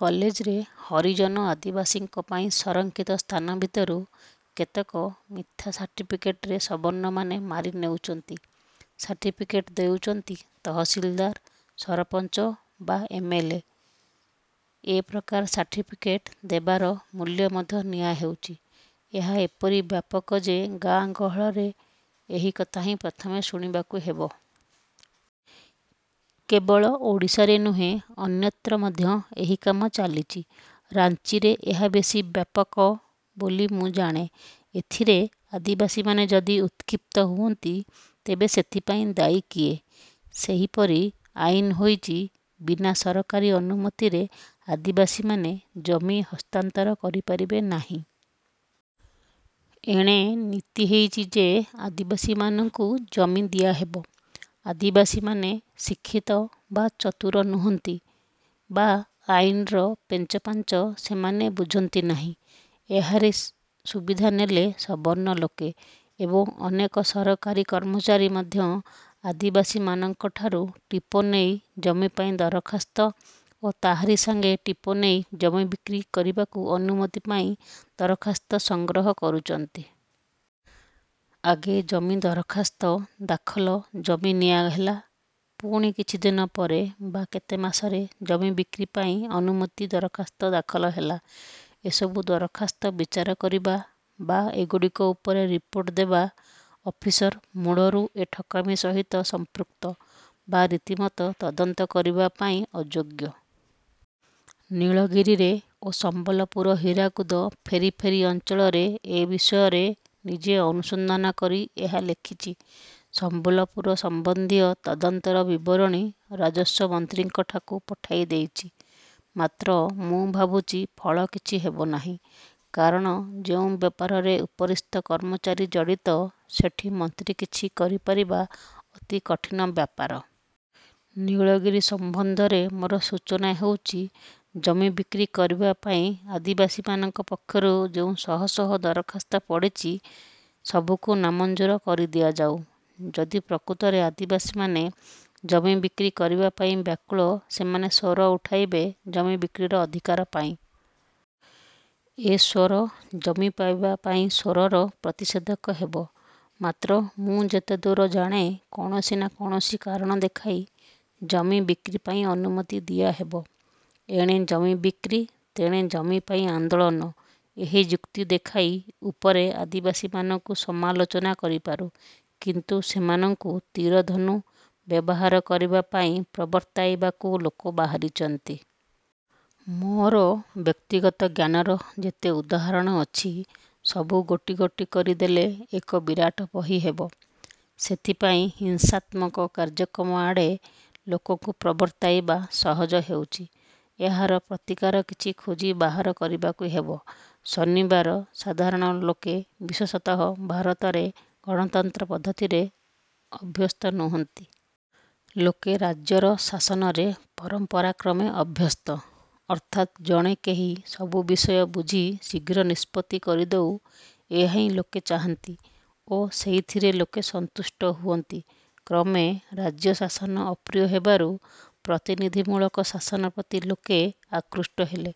କଲେଜରେ ହରିଜନ ଆଦିବାସୀମାନଙ୍କ ପାଇଁ ସଂରକ୍ଷିତ ସ୍ଥାନ ଭିତରୁ କେତେକ ମିଥ୍ୟା ସାର୍ଟିଫିକେଟରେ ସବର୍ଣ୍ଣମାନେ ମାରି ନେଉଛନ୍ତି। ସାର୍ଟିଫିକେଟ ଦେଉଛନ୍ତି ତହସିଲଦାର, ସରପଞ୍ଚ ବା ଏମ. ଏଲ. ଏ.। ଏ ପ୍ରକାର ସାର୍ଟିଫିକେଟ ଦେବାର ମୂଲ୍ୟ ମଧ୍ୟ ନିଆହେଉଛି। ଏହା ଏପରି ବ୍ୟାପକ ଯେ ଗାଁ ଗହଳରେ ଏହି କଥା ହିଁ ପ୍ରଥମେ ଶୁଣିବାକୁ ହେବ। କେବଳ ଓଡ଼ିଶାରେ ନୁହେଁ ଅନ୍ୟତ୍ର ମଧ୍ୟ ଏହି କାମ ଚାଲିଛି। ରାଞ୍ଚିରେ ଏହା ବେଶି ବ୍ୟାପକ ବୋଲି ମୁଁ ଜାଣେ। ଏଥିରେ ଆଦିବାସୀମାନେ ଯଦି ଉତ୍କ୍ଷିପ୍ତ ହୁଅନ୍ତି, ତେବେ ସେଥିପାଇଁ ଦାୟୀ କିଏ? ସେହିପରି ଆଇନ ହୋଇଛି ବିନା ସରକାରୀ ଅନୁମତିରେ ଆଦିବାସୀମାନେ ଜମି ହସ୍ତାନ୍ତର କରିପାରିବେ ନାହିଁ। ଏଣେ ନୀତି ହୋଇଛି ଯେ ଆଦିବାସୀମାନଙ୍କୁ ଜମି ଦିଆହେବ। ଆଦିବାସୀମାନେ ଶିକ୍ଷିତ ବା ଚତୁର ନୁହନ୍ତି ବା ଆଇନର ପେଞ୍ଚପାଞ୍ଚ ସେମାନେ ବୁଝନ୍ତିନାହିଁ। ଏହାରି ସୁବିଧା ନେଲେ ସବର୍ଣ୍ଣ ଲୋକେ ଏବଂ ଅନେକ ସରକାରୀ କର୍ମଚାରୀ ମଧ୍ୟ ଆଦିବାସୀମାନଙ୍କଠାରୁ ଟିପ ନେଇ ଜମିପାଇଁ ଦରଖାସ୍ତ ଓ ତାହାରି ସାଙ୍ଗେ ସାଙ୍ଗେ ଟିପ ନେଇ ଜମି ବିକ୍ରି କରିବାକୁ ଅନୁମତି ପାଇଁ ଦରଖାସ୍ତ ସଂଗ୍ରହ କରୁଛନ୍ତି। ଆଗେ ଜମି ଦରଖାସ୍ତ ଦାଖଲ ଜମି ନିଆହେଲା, ପୁଣି କିଛି ଦିନପରେ ବା କେତେ ମାସରେ ଜମି ବିକ୍ରି ପାଇଁ ଅନୁମତି ଦରଖାସ୍ତ ଦାଖଲ ହେଲା। ଏସବୁ ଦରଖାସ୍ତ ବିଚାର କରିବା ବା ଏଗୁଡ଼ିକ ଉପରେ ରିପୋର୍ଟ ଦେବା ଅଫିସର ମୂଳରୁ ଏ ଠକାମି ସହିତ ସଂପୃକ୍ତ ବା ରୀତିମତ ତଦନ୍ତ କରିବାପାଇଁ ଅଯୋଗ୍ୟ। ନୀଳଗିରିରେ ଓ ସମ୍ବଲପୁର ହୀରାକୁଦ ଫେରିଫେରି ଅଞ୍ଚଳରେ ଏ ବିଷୟରେ ନିଜେ ଅନୁସନ୍ଧାନ କରି ଏହା ଲେଖିଛି। ସମ୍ବଲପୁର ସମ୍ବନ୍ଧୀୟ ତଦନ୍ତର ବିବରଣୀ ରାଜସ୍ୱ ମନ୍ତ୍ରୀଙ୍କଠାକୁ ପଠାଇ ଦେଇଛି; ମାତ୍ର ମୁଁ ଭାବୁଛି ଫଳ କିଛି ହେବନାହିଁ। କାରଣ ଯେଉଁ ବ୍ୟାପାରରେ ଉପରିସ୍ଥ କର୍ମଚାରୀ ଜଡ଼ିତ ସେଠି ମନ୍ତ୍ରୀ କିଛି କରି ପାରିବା ଅତି କଠିନ ବ୍ୟାପାର। ନୀଳଗିରି ସମ୍ବନ୍ଧରେ ମୋର ସୂଚନା ହେଉଛି, ଜମି ବିକ୍ରି କରିବାପାଇଁ ଆଦିବାସୀମାନଙ୍କ ପକ୍ଷରୁ ଯେଉଁ ଶହ ଶହ ଦରଖାସ୍ତ ପଡ଼ିଛି,। ସବୁକୁ ନାମଞ୍ଜୁର କରି ଦିଆଯାଉ। ଯଦି ପ୍ରକୃତରେ ଆସିବାସୀମାନେ ଜମି ବିକ୍ରି କରିବାପାଇଁ ବ୍ୟାକୁଳ, ସେମାନେ ସ୍ୱର ଉଠାଇବେ ଜମି ବିକ୍ରିର ଅଧିକାର ପାଇଁ। ଏ ସ୍ୱର ଜମି ପାଇବାପାଇଁ ସ୍ୱରର ପ୍ରତିଷେଧକ ହେବ; ମାତ୍ର ମୁଁ ଯେତେଦୂର ଜାଣେ କୌଣସି ନାଁ କୌଣସି କାରଣ ଦେଖାଇ ଜମି ବିକ୍ରି ପାଇଁ ଅନୁମତି ଦିଆହେବ-। ଏଣେ ଜମି ବିକ୍ରି, ତେଣେ ଜମି ପାଇଁ ଆନ୍ଦୋଳନ ଏହି ଯୁକ୍ତି ଦେଖାଇ ଉପରେ ଆଦିବାସୀମାନଙ୍କୁ ସମାଲୋଚନା କରିପାରୁ; କିନ୍ତୁ ସେମାନଙ୍କୁ ତୀର ଧନୁ ବ୍ୟବହାର କରିବାପାଇଁ ପ୍ରବର୍ତ୍ତାଇବାକୁ ଲୋକ ବାହାରିଛନ୍ତି। ମୋର ବ୍ୟକ୍ତିଗତ ଜ୍ଞାନର ଯେତେ ଉଦାହରଣ ଅଛି, ସବୁ ଗୋଟି ଗୋଟି କରି ଦେଲେ ଏକ ବିରାଟ ବହିହେବ। ସେଥିପାଇଁ ହିଂସାତ୍ମକ କାର୍ଯ୍ୟକ୍ରମଆଡ଼େ ଲୋକଙ୍କୁ ପ୍ରବର୍ତ୍ତାଇବା ସହଜ ହେଉଛି। ଏହାର ପ୍ରତିକାର କିଛି ଖୋଜି ବାହାର କରିବାକୁ ହେବ। ଶନିବାର ସାଧାରଣ ଲୋକେ, ବିଶେଷତଃ ଭାରତରେ ଗଣତନ୍ତ୍ର ପଦ୍ଧତିରେ ଅଭ୍ୟସ୍ତ ନୁହନ୍ତି। ଲୋକେ ରାଜ୍ୟର ଶାସନରେ ପରମ୍ପରାକ୍ରମେ ଅଭ୍ୟସ୍ତ। ଅର୍ଥାତ୍ ଜଣେ କେହି ସବୁ ବିଷୟ ବୁଝି ଶୀଘ୍ର ନିଷ୍ପତ୍ତି କରିଦେଉ, ଏହା ହିଁ ଲୋକେ ଚାହାନ୍ତି ଓ ସେଇଥିରେ ଲୋକେ ସନ୍ତୁଷ୍ଟ ହୁଅନ୍ତି। କ୍ରମେ ରାଜ୍ୟଶାସନ ଅପ୍ରିୟ ହେବାରୁ ପ୍ରତିନିଧିମୂଳକ ଶାସନ ପ୍ରତି ଲୋକେ ଆକୃଷ୍ଟ ହେଲେ।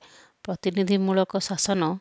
ପ୍ରତିନିଧିମୂଳକ ଶାସନ